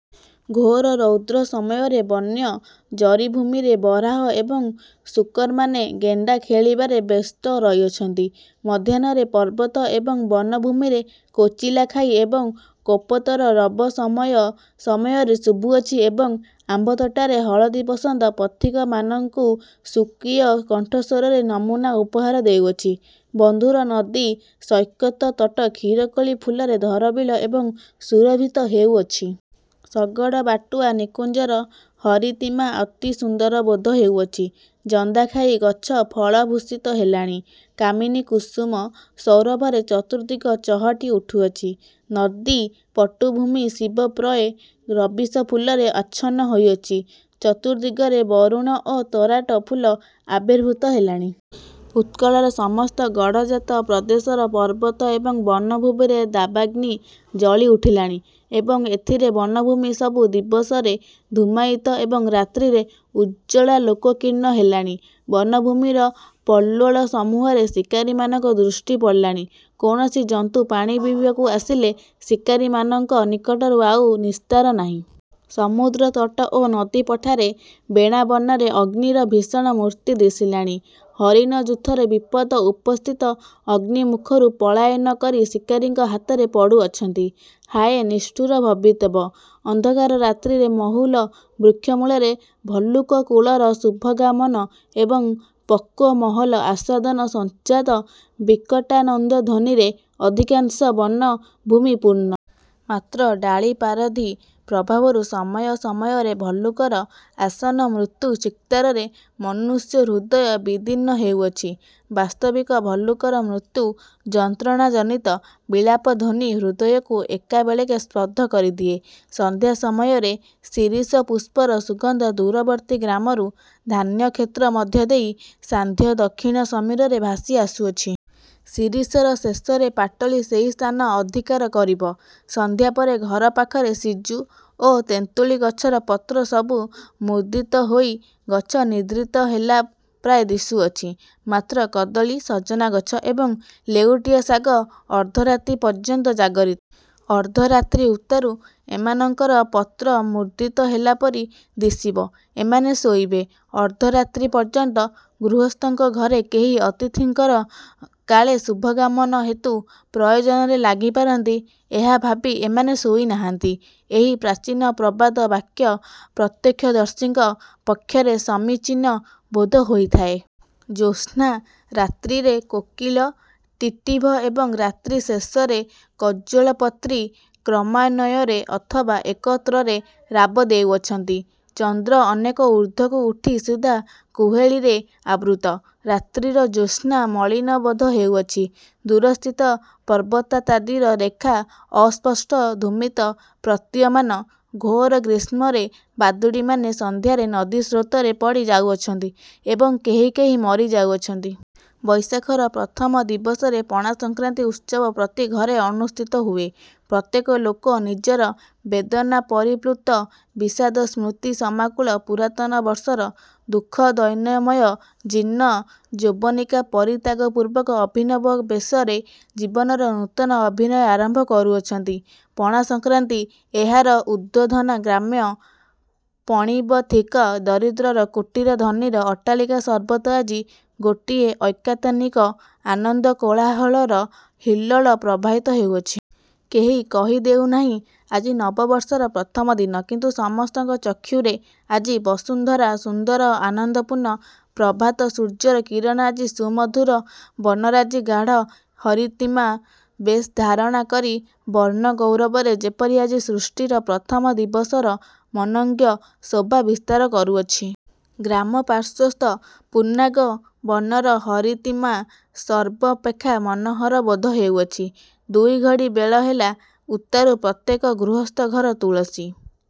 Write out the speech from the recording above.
ଘୋର ରୌଦ୍ର ସମୟରେ ବନ୍ୟ ଜରିଭୂମିରେ ବରାହ ଏବଂ ଶୂକରମାନେ ଗେଣ୍ଡା ଖୋଳିବାରେ ବ୍ୟସ୍ତ ରହିଅଛନ୍ତି। ମଧ୍ୟାହ୍ନରେ ପର୍ବତ ଏବଂ ବନଭୂମିରେ କୋଚିଲାଖାଇ ଏବଂ କପୋତର ରବ ସମୟ ସମୟରେ ଶୁଭୁଅଛି ଏବଂ ଆମ୍ବତୋଟାରେ ହଳଦିବସନ୍ତ ପଥିକମାନଙ୍କୁସ୍ୱକୀୟ କଣ୍ଠସ୍ୱରର ନମୂନା ଉପହାର ଦେଉଅଛି। ବନ୍ଧୁର ନଦୀ ସୈକତ ତଟ କ୍ଷୀରକୋଳି ଫୁଲରେ ଧବଳିତ ଏବଂ ସୁରଭିତ ହେଉଅଛି। ଶଗଡ଼ବାଟୁଆ ନିକୁଞ୍ଜର ହରିତିମା ଅତି ସୁନ୍ଦର ବୋଧ ହେଉଅଛି। ଜନ୍ଦାଖାଇ ଗଛ ଫଳ-ଭୂଷିତ ହେଲାଣି। କାମିନୀ କୁସୁମ ସୌରଭରେ ଚତୁର୍ଦିଗ ଚହଟି ଉଠୁଅଛି। ନଦୀ ପଟୁ ଭୂମି ଶିବ ପ୍ରିୟ ଗବୀଶ ଫୁଲରେ ଆଚ୍ଛନ୍ନ ହୋଇଅଛି। ଚତୁର୍ଦିଗରେ ବରୁଣ ଓ ତରାଟ ଫୁଲ ଆବିର୍ଭୂତ ହେଲାଣି। ଉତ୍କଳର ସମସ୍ତ ଗଡ଼ଜାତ ପ୍ରଦେଶର ପର୍ବତ ଏବଂ ବନଭୂମିରେ ଦାବାଗ୍ନି ଜଳି ଉଠିଲାଣି ଏବଂ ଏଥିରେ ବନଭୂମି ସବୁ ଦିବସରେ ଧୂମାୟିତ ଏବଂ ରାତ୍ରିରେ ଉଜ୍ଜ୍ୱଳାଲୋକାକୀର୍ଣ୍ଣ ହେଲାଣି। ବନଭୂମିର ପଲ୍ୱଳସମୂହରେ ଶିକାରିମାନଙ୍କ ଦୃଷ୍ଟି ପଡ଼ିଲାଣି। କୌଣସି ଜନ୍ତୁ ପାଣି ପିଇବାକୁ ଆସିଲେ ଶିକାରିମାନଙ୍କ ନିକଟରୁ ଆଉ ନିସ୍ତାର ନାହିଁ। ସମୁଦ୍ରତଟ ଓ ନଦୀ-ପଠାର ବେଣାବନରେ ଅଗ୍ନିର ଭୀଷଣ ମୁର୍ତ୍ତି ଦିଶିଲାଣି। ହରିଣଯୂଥର ବିପଦ ଉପସ୍ଥିତ। ଅଗ୍ନିମୁଖରୁ ପଳାୟନ କରି ଶିକାରିଙ୍କ ହାତରେ ପଡ଼ୁଅଛନ୍ତି। ହାୟ, ନିଷ୍ଠୁର ଭବିତବ୍ୟ! ଅନ୍ଧକାର ରାତ୍ରିରେ ମହୁଲ ବୃକ୍ଷ ମୂଳରେ ଭଲ୍ଲୁକକୁଳର ଶୁଭାଗମନ ଏବଂ ପକ୍ୱ ମହଲ ଆସ୍ୱାଦନ-ସଞ୍ଜାତ ବିକଟାନନ୍ଦଧ୍ୱନିରେ ଅଧିକାଂଶ ବନଭୂମି ପୂର୍ଣ୍ଣ। ମାତ୍ର ଡାଳି ପାରଧି ପ୍ରଭାବରୁ ସମୟ ସମୟରେ ଭଲ୍ଲୁକର ଆସନ୍ନ ମୃତ୍ୟୁ ଚିତ୍କାରରେ ମନୁଷ୍ୟହୃଦୟ ବିଦୀର୍ଣ୍ଣ ହେଉଅଛି। ବାସ୍ତବିକ ଭଲ୍ଲୁକର ମୃତ୍ୟୁ-ଯନ୍ତ୍ରଣାଜନିତ ବିଳାପଧ୍ୱନି ହୃଦୟକୁ ଏକାବେଳକେ ସ୍ତବ୍ଧ କରିଦିଏ। ସନ୍ଧ୍ୟା ସମୟରେ ଶିରୀଷ ପୁଷ୍ପର ସୁଗନ୍ଧ ଦୂରବର୍ତ୍ତୀ ଗ୍ରାମରୁ ଧାନ୍ୟକ୍ଷେତ୍ର ମଧ୍ୟ ଦେଇ ସାନ୍ଧ୍ୟଦକ୍ଷିଣ ସମୀରରେ ଭାସି ଆସୁଅଛି। ଶିରୀଷର ଶେଷରେ ପାଟଳୀ ସେହି ସ୍ଥାନ ଅଧିକାର କରିବ। ସନ୍ଧ୍ୟା ପରେ ଘର ପାଖର ସିଜୁ ଓ ତେନ୍ତୁଳି ଗଛର ପତ୍ର ସବୁ ମୁଦ୍ରିତ ହୋଇ ଗଛ ନିଦ୍ରିତ ହେଲା ପ୍ରାୟ ଦିଶୁଅଛି। ମାତ୍ର କଦଳୀ, ସଜନା ଗଛ ଏବଂ ଲେଉଟିଆ ଶାଗ ଅର୍ଦ୍ଧରାତ୍ରି ପର୍ଯ୍ୟନ୍ତ ଜାଗରିତ। ଅର୍ଦ୍ଧରାତ୍ରି ଉତ୍ତାରୁ ଏମାନଙ୍କର ପତ୍ର ମୁଦ୍ରିତ ହେଲା ପରି ଦିଶିବ ଏମାନେ ଶୋଇବେ। ଅର୍ଦ୍ଧରାତ୍ରି ପର୍ଯ୍ୟନ୍ତ ଗୃହସ୍ଥଙ୍କ ଘରେ କେହି ଅତିଥିଙ୍କର କାଳେ ଶୁଭାଗମନ ହେତୁ ପ୍ରୟୋଜନରେ ଲାଗି ପାରନ୍ତି, ଏହା ଭାବି ଏମାନେ ଶୋଇ ନାହାନ୍ତି ଏହି ପ୍ରାଚୀନ ପ୍ରବାଦ ବାକ୍ୟ ପ୍ରତ୍ୟକ୍ଷଦର୍ଶୀଙ୍କ ପକ୍ଷରେ ସମୀଚୀନ ବୋଧ ହୋଇଥାଏ। ଜ୍ୟୋତ୍ସ୍ନା-ରାତ୍ରିରେ କୋକିଳ, ଟିଟ୍ଟିଭ ଏବଂ ରାତ୍ରିଶେଷରେ କଜ୍ଜଳପତ୍ରୀ କ୍ରମାନ୍ୱୟରେ ଅଥବା ଏକତ୍ରରେ ରାବ ଦେଉଅଛନ୍ତି। ଚନ୍ଦ୍ର ଅନେକ ଊର୍ଦ୍ଧ୍ୱକୁ ଉଠି ସୁଦ୍ଧା କୁହେଳୀରେ ଆବୃତ। ରାତ୍ରିର ଜ୍ୟୋତ୍ସ୍ନା ମଳିନ ବୋଧ ହେଉଅଛି। ଦୂରସ୍ଥିତ ପର୍ବତାଦିର ରେଖା ଅସ୍ପଷ୍ଟ ଧୂମିତ ପ୍ରତୀୟମାନ। ଘୋର ଗ୍ରୀଷ୍ମରେ ବାଦୁଡ଼ିମାନେ ସନ୍ଧ୍ୟାରେ ନଦୀସ୍ରୋତରେ ପଡ଼ି ଯାଉଅଛନ୍ତି ଏବଂ କେହି କେହି ମରି ଯାଉଅଛନ୍ତି। ବୈଶାଖର ପ୍ରଥମ ଦିବସରେ ପଣାସଂକ୍ରାନ୍ତି ଉତ୍ସବ ପ୍ରତି ଘରେ ଅନୁଷ୍ଠିତ ହୁଏ। ପ୍ରତ୍ୟେକ ଲୋକ ନିଜର ବେଦନାପରିପ୍ଳୁତ ବିଷାଦସ୍ମୃତିସମାକୁଳ ପୁରାତନ ବର୍ଷର ଦୁଃଖଦୈନ୍ୟମୟ ଜୀର୍ଣ୍ଣ ଯବନିକା ପରିତ୍ୟାଗପୂର୍ବକ ଅଭିନବ ବେଶରେ ଜୀବନର ନୂତନ ଅଭିନୟ ଆରମ୍ଭ କରୁଅଛନ୍ତି। ପଣାସଂକ୍ରାନ୍ତି ଏହାର ଉଦ୍ବୋଧନ। ଗ୍ରାମ୍ୟ ପଣ୍ୟବୀଥିକା, ଦରିଦ୍ରର କୁଟୀର ଧନିର ଅଟ୍ଟାଳିକା ସର୍ବତ୍ର ଆଜି ଗୋଟିଏ ଐକତାନିକ ଆନନ୍ଦକୋଳାହଳର ହିଲ୍ଲୋଳ ପ୍ରବାହିତ ହେଉଅଛି। କେହି କହି ଦେଉ ନାହିଁ, ଆଜି ନବବର୍ଷର ପ୍ରଥମ ଦିନ। କିନ୍ତୁ ସମସ୍ତଙ୍କ ଚକ୍ଷୁରେ ଆଜି ବସୁନ୍ଧରା ସୁନ୍ଦର ଆନନ୍ଦପୂର୍ଣ୍ଣ। ପ୍ରଭାତ ସୂର୍ଯ୍ୟର କିରଣ ଆଜି ସୁମଧୁର ବନରାଜି ଗାଢ଼ ହରିତିମା ବେଶ ଧାରଣ କରି ବର୍ଣ୍ଣଗୌରବରେ ଯେପରି ଆଜି ସୃଷ୍ଟିର ପ୍ରଥମ ଦିବସର ମନୋଜ୍ଞ ଶୋଭା ବିସ୍ତାର କରୁଅଛି। ଗ୍ରାମପାର୍ଶ୍ୱସ୍ଥ ପୁନ୍ନାଗ ବନର ହରିତିମା ସର୍ବାପେକ୍ଷା ମନୋହର ବୋଧ ହେଉଅଛି। ଦୁଇଘଡ଼ି ବେଳ ହେଲା ଉତ୍ତାରୁ ପ୍ରତ୍ୟେକ ଗୃହସ୍ଥ ଘର ତୁଳସୀ |